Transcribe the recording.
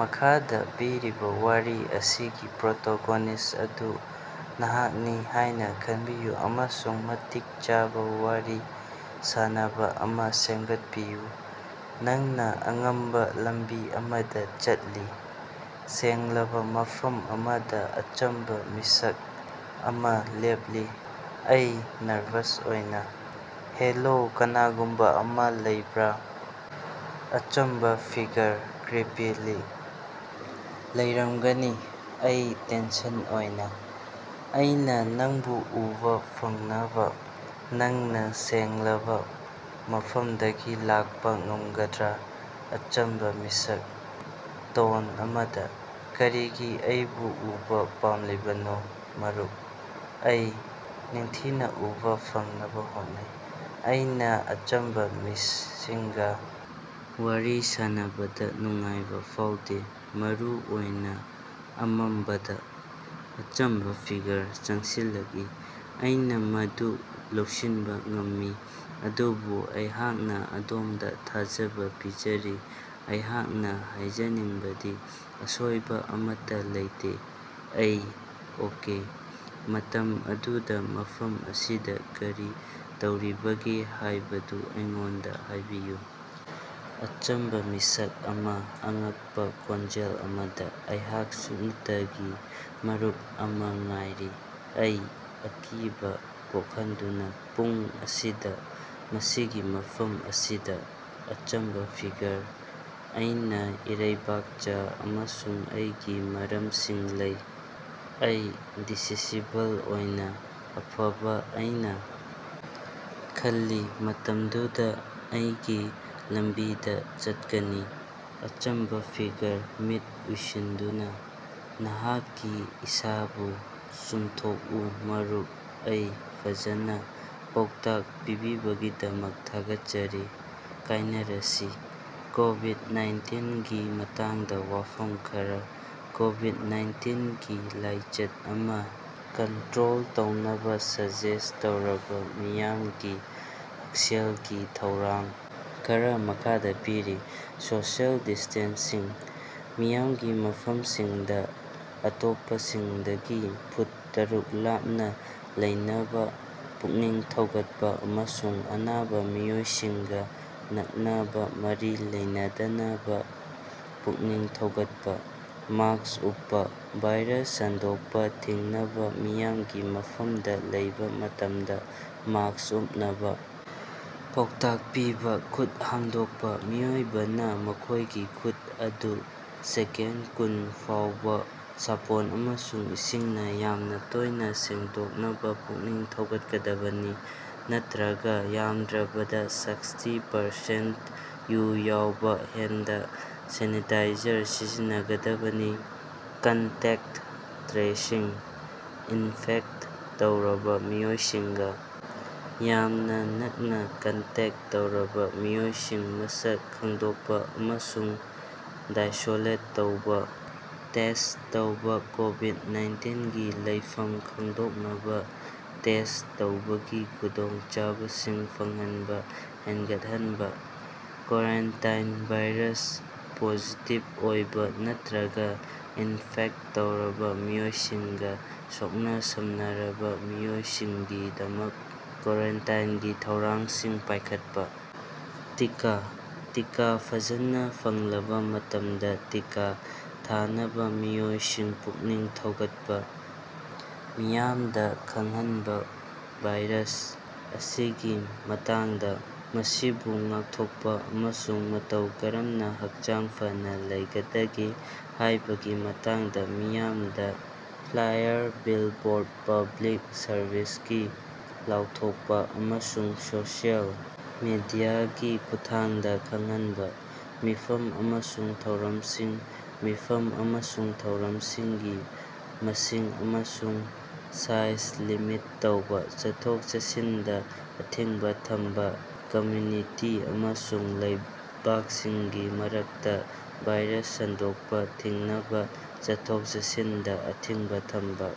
ꯃꯈꯥꯗ ꯄꯤꯔꯤꯕ ꯋꯥꯔꯤ ꯑꯁꯤꯒꯤ ꯄ꯭ꯔꯣꯇꯣꯒꯣꯅꯤꯁ꯭ꯠ ꯑꯗꯨ ꯅꯍꯥꯛꯅꯤ ꯍꯥꯏꯅ ꯈꯟꯕꯤꯌꯨ ꯑꯃꯁꯨꯡ ꯃꯇꯤꯛ ꯆꯥꯕ ꯋꯥꯔꯤ ꯁꯥꯅꯕ ꯑꯃ ꯁꯦꯝꯒꯠꯄꯤꯌꯨ꯫ ꯅꯪꯅ ꯑꯃꯝꯕ ꯂꯝꯕꯤ ꯑꯃꯗ ꯆꯠꯂꯤ꯫ ꯁꯦꯡꯂꯕ ꯃꯐꯝ ꯑꯃꯗ ꯑꯆꯝꯕ ꯃꯤꯁꯛ ꯑꯃ ꯂꯦꯞꯂꯤ꯫ ꯑꯩ (ꯅꯔꯚꯁ ꯑꯣꯏꯅ) -ꯍꯦꯂꯣ? ꯀꯅꯥꯒꯨꯝꯕ ꯑꯃ ꯂꯩꯕ꯭ꯔꯥ? ꯑꯆꯝꯕ ꯐꯤꯒꯔ: (ꯀ꯭ꯔꯤꯄꯤꯂꯤ) ꯂꯩꯔꯝꯒꯅꯤ꯫ ꯑꯩ (ꯇꯦꯟꯁꯟ ꯑꯣꯏꯅ) ꯑꯩꯅꯥ ꯅꯪꯕꯨ ꯎꯕ ꯐꯪꯅꯕ ꯅꯪꯅ ꯁꯦꯡꯂꯕ ꯃꯐꯝꯗꯒꯤ ꯂꯥꯛꯄ ꯉꯝꯒꯗ꯭ꯔꯥ? ꯑꯆꯝꯕ ꯃꯤꯁꯛ: ( ꯇꯣꯟ ꯑꯃꯗ) ꯀꯔꯤꯒꯤ ꯑꯩꯕꯨ ꯎꯕ ꯄꯥꯝꯂꯤꯕꯅꯣ, ꯃꯔꯨꯞ? ꯑꯩ (ꯅꯤꯡꯊꯤꯅ ꯎꯕꯥ ꯐꯪꯅꯕꯥ ꯍꯣꯠꯅꯩ) ꯑꯩꯅ ꯑꯆꯝꯕ ꯃꯤꯁꯤꯡꯒ ꯋꯥꯔꯤ ꯁꯥꯅꯕꯗ ꯅꯨꯡꯉꯥꯏꯕ ꯐꯥꯎꯗꯦ, ꯃꯔꯨ ꯑꯣꯏꯅ ꯑꯃꯝꯕꯗ꯫ ꯑꯆꯝꯕ ꯐꯤꯒꯔ: (ꯆꯪꯁꯤꯜꯂꯛꯏ) ꯑꯩꯅ ꯃꯗꯨ ꯂꯧꯁꯤꯟꯕ ꯉꯝꯃꯤ꯫ ꯑꯗꯨꯕꯨ ꯑꯩꯍꯥꯛꯅꯥ ꯑꯗꯣꯝꯗ ꯊꯥꯖꯕ ꯄꯤꯖꯔꯤ, ꯑꯩꯍꯥꯛꯅ ꯍꯥꯏꯖꯅꯤꯡꯕꯗꯤ ꯑꯁꯣꯏꯕ ꯑꯃꯠꯇꯥ ꯂꯩꯇꯦ꯫ ꯑꯩ: ꯑꯣꯀꯦ꯫ ꯃꯇꯝ ꯑꯗꯨꯗꯥ ꯃꯐꯝ ꯑꯁꯤꯗ ꯀꯔꯤ ꯇꯧꯔꯤꯕꯒꯦ ꯍꯥꯏꯕꯗꯨ ꯑꯩꯉꯣꯟꯗ ꯍꯥꯏꯕꯤꯌꯨ? ꯑꯆꯝꯕ ꯃꯤꯁꯛ ꯑꯃ (ꯑꯉꯛꯄ ꯈꯣꯟꯖꯦꯜ ꯑꯃꯗ) ꯑꯩꯍꯥꯛ ꯁꯨꯞꯅꯇꯒꯤ ꯃꯔꯨꯞ ꯑꯃ ꯉꯥꯏꯔꯤ꯫ ꯑꯩ (ꯑꯀꯤꯕꯥ ꯄꯣꯀꯍꯟꯗꯨꯅꯥ) ꯄꯨꯡ ꯑꯁꯤꯗ? ꯃꯁꯤꯒꯤ ꯃꯐꯝ ꯑꯁꯤꯗ? ꯑꯆꯝꯕ ꯐꯤꯒꯔ: ꯑꯩꯒꯤ ꯏꯔꯩꯕꯥꯛꯆ ꯑꯃꯁꯨꯡ ꯑꯩꯒꯤ ꯃꯔꯝꯁꯤꯡ ꯂꯩ꯫ ꯑꯩ (ꯗꯤꯁꯤꯁꯤꯕꯜ ꯑꯣꯏꯅꯥ) ꯑꯐꯕ, ꯑꯩꯅ ꯈꯜꯂꯤ ꯃꯇꯝꯗꯨꯗ ꯑꯩꯒꯤ ꯂꯝꯕꯤꯗ ꯆꯠꯀꯅꯤ꯫ ꯑꯆꯝꯕꯥ ꯐꯤꯒꯔ: (ꯃꯤꯠ ꯎꯏꯁꯤꯟꯗꯨꯅꯥ) ꯅꯍꯥꯛꯀꯤ ꯏꯁꯥꯕꯨ ꯆꯨꯝꯊꯣꯛꯎ, ꯃꯔꯨꯞ꯫ ꯑꯩ: (ꯐꯖꯅꯥ) ꯄꯥꯎꯇꯥꯛ ꯄꯤꯕꯤꯕꯒꯤꯗꯃꯛ ꯊꯥꯒꯠꯆꯔꯤ꯫ ꯀꯥꯏꯅꯔꯁꯤ꯫ ꯀꯣꯕꯤꯗ-ꯅꯥꯏꯟꯇꯤꯟꯒꯤ ꯃꯇꯥꯡꯗ ꯋꯥꯐꯝ ꯈꯔ꯫ ꯀꯣꯕꯤꯗ-ꯅꯥꯏꯟꯇꯤꯟꯒꯤ ꯂꯥꯏꯆꯠ ꯑꯃ ꯀꯟꯇ꯭ꯔꯣꯜ ꯇꯧꯅꯕ ꯁꯖꯦꯁ꯭ꯠ ꯇꯧꯔꯕ ꯃꯤꯌꯥꯝꯒꯤ ꯍꯛꯁꯦꯜꯒꯤ ꯊꯧꯔꯥꯡ ꯈꯔ ꯃꯈꯥꯗꯥ ꯄꯤꯔꯤ: ꯁꯣꯁꯤꯑꯦꯜ ꯗꯤꯁ꯭ꯇꯦꯟꯁꯤꯡ: ꯃꯤꯌꯥꯝꯒꯤ ꯃꯐꯝꯁꯤꯡꯗ ꯑꯇꯣꯞꯄꯁꯤꯡꯗꯒꯤ ꯐꯨꯠ ꯇꯔꯨꯛ ꯂꯥꯞꯅ ꯂꯩꯅꯕ ꯄꯨꯛꯅꯤꯡ ꯊꯧꯒꯠꯄ ꯑꯃꯁꯨꯡ ꯑꯅꯥꯕ ꯃꯤꯑꯣꯏꯁꯤꯡꯒ ꯅꯛꯅꯕ ꯃꯔꯤ ꯂꯩꯅꯗꯅꯕ ꯄꯨꯛꯅꯤꯡ ꯊꯧꯒꯠꯄ꯫ ꯃꯥꯁ꯭ꯛ ꯎꯞꯄꯥ: ꯚꯥꯏꯔꯁ ꯁꯟꯗꯣꯔꯛꯄꯥ ꯊꯤꯡꯅꯕ ꯃꯤꯌꯥꯝꯒꯤ ꯃꯐꯝꯗꯥ ꯂꯩꯕ ꯃꯇꯝꯗ ꯃꯥꯁ꯭ꯛ ꯎꯞꯅꯕ ꯄꯥꯎꯇꯥꯛ ꯄꯤꯕ꯫ ꯈꯨꯠ ꯍꯥꯝꯗꯣꯛꯄ: ꯃꯤꯑꯣꯏꯕꯅ ꯃꯈꯣꯏꯒꯤ ꯈꯨꯠ ꯑꯗꯨ ꯁꯦꯀꯦꯟꯗ ꯀꯨꯟ ꯐꯥꯎꯕꯥ ꯁꯥꯄꯣꯟ ꯑꯃꯁꯨꯡ ꯏꯁꯤꯡꯅ ꯌꯥꯝꯅ ꯇꯣꯏꯅ ꯁꯦꯡꯗꯣꯛꯅꯕ ꯄꯨꯛꯅꯤꯡ ꯊꯧꯒꯠꯀꯗꯕꯅꯤ, ꯅꯠꯇ꯭ꯔꯒ ꯌꯥꯝꯗ꯭ꯔꯕꯗ ꯁꯥꯛꯁꯇꯤ ꯄꯥꯔꯁꯦꯟꯇ ꯌꯨ ꯌꯥꯎꯕ ꯍꯦꯟꯗ ꯁꯦꯅꯤꯇꯥꯏꯖꯔ ꯁꯤꯖꯤꯟꯅꯒꯗꯕꯅꯤ꯫ ꯀꯟꯇꯦꯛꯇ ꯇ꯭ꯔꯦꯁꯤꯡ: ꯏꯅꯐꯦꯛꯇ ꯇꯧꯔꯕ ꯃꯤꯑꯣꯏꯁꯤꯡꯒ ꯌꯥꯝꯅ ꯅꯛꯅ ꯀꯟꯇꯦꯛꯇ ꯇꯧꯔꯕ ꯃꯤꯑꯣꯏꯁꯤꯡ ꯃꯁꯛ ꯈꯪꯗꯣꯛꯄ ꯑꯃꯁꯨꯡ ꯑꯥꯏꯁꯣꯂꯦꯠ ꯇꯧꯕ꯫ ꯇꯦꯁ꯭ꯠ ꯇꯧꯕ ꯀꯣꯕꯤꯗ-ꯅꯥꯏꯟꯇꯤꯟꯒꯤ ꯂꯩꯐꯝ ꯈꯪꯗꯣꯛꯅꯕ ꯇꯦꯁ꯭ꯠ ꯇꯧꯕꯒꯤ ꯈꯨꯗꯣꯡꯆꯥꯕꯁꯤꯡ ꯐꯪꯍꯟꯕ ꯍꯦꯟꯒꯠꯍꯟꯕ꯫ ꯀ꯭ꯋꯥꯔꯦꯟꯇꯥꯏꯟ ꯚꯥꯏꯔꯁ ꯄꯣꯖꯤꯇꯤꯕ ꯑꯣꯏꯕ ꯅꯠꯇ꯭ꯔꯒ ꯏꯟꯐꯦꯛꯇ ꯇꯧꯔꯕ ꯃꯤꯑꯣꯏꯁꯤꯡꯒ ꯁꯣꯛꯅ-ꯁꯝꯅꯔꯕ ꯃꯤꯑꯣꯏꯁꯤꯡꯒꯤꯗꯃꯛ ꯀ꯭ꯋꯥꯔꯦꯟꯇꯥꯏꯟꯒꯤ ꯊꯧꯔꯥꯡꯁꯤꯡ ꯄꯥꯏꯈꯠꯄ꯫ ꯇꯤꯀꯥ: ꯇꯤꯀꯥ ꯐꯖꯅ ꯐꯪꯂꯕ ꯃꯇꯝꯗꯥ ꯇꯤꯀꯥ ꯊꯥꯅꯕ ꯃꯤꯑꯣꯏꯁꯤꯡ ꯄꯨꯛꯅꯤꯡ ꯊꯧꯒꯠꯄ꯫ ꯃꯤꯌꯥꯃꯗ ꯈꯪꯍꯟꯕ ꯚꯥꯏꯔꯁ ꯑꯁꯤꯒꯤ ꯃꯇꯥꯡꯗ, ꯃꯁꯤꯕꯨ ꯉꯥꯛꯊꯣꯛꯄ, ꯑꯃꯁꯨꯡ ꯃꯇꯧ ꯀꯔꯝꯅꯥ ꯍꯛꯆꯥꯡ ꯐꯅ ꯂꯩꯒꯗꯒꯦ ꯍꯥꯏꯕꯒꯤ ꯃꯇꯥꯡꯗ ꯃꯤꯌꯥꯝꯗ ꯐ꯭ꯂꯥꯏꯌꯥꯔ, ꯕꯤꯜꯕꯣꯔꯗ, ꯄꯕ꯭ꯂꯤꯛ ꯁꯔꯕꯤꯁꯀꯤ ꯂꯥꯎꯊꯣꯛꯄ, ꯑꯃꯁꯨꯡ ꯁꯣꯁꯤꯑꯦꯜ ꯃꯤꯗꯤꯌꯥꯒꯤ ꯈꯨꯠꯊꯥꯡꯗꯥ ꯈꯪꯍꯟꯕ꯫ ꯃꯤꯐꯝ ꯑꯃꯁꯨꯡ ꯊꯧꯔꯝꯁꯤꯡ ꯃꯤꯐꯝ ꯑꯃꯁꯨꯡ ꯊꯧꯔꯝꯁꯤꯡꯒꯤ ꯃꯁꯤꯡ ꯑꯃꯁꯨꯡ ꯁꯥꯏꯖ ꯂꯤꯃꯤꯠ ꯇꯧꯕ꯫ ꯆꯠꯊꯣꯛ-ꯆꯠꯁꯤꯟꯗ ꯑꯊꯤꯡꯕ ꯊꯝꯕ ꯀꯝꯃ꯭ꯌꯨꯅꯤꯇꯤ ꯑꯃꯁꯨꯡ ꯂꯩꯕꯥꯛꯁꯤꯡꯒꯤ ꯃꯔꯛꯇ ꯚꯥꯏꯔꯁ ꯁꯟꯗꯣꯛꯄ ꯊꯤꯡꯅꯕ ꯆꯠꯊꯣꯛ-ꯆꯠꯁꯤꯟꯗ ꯑꯊꯤꯡꯕ ꯊꯝꯕ꯫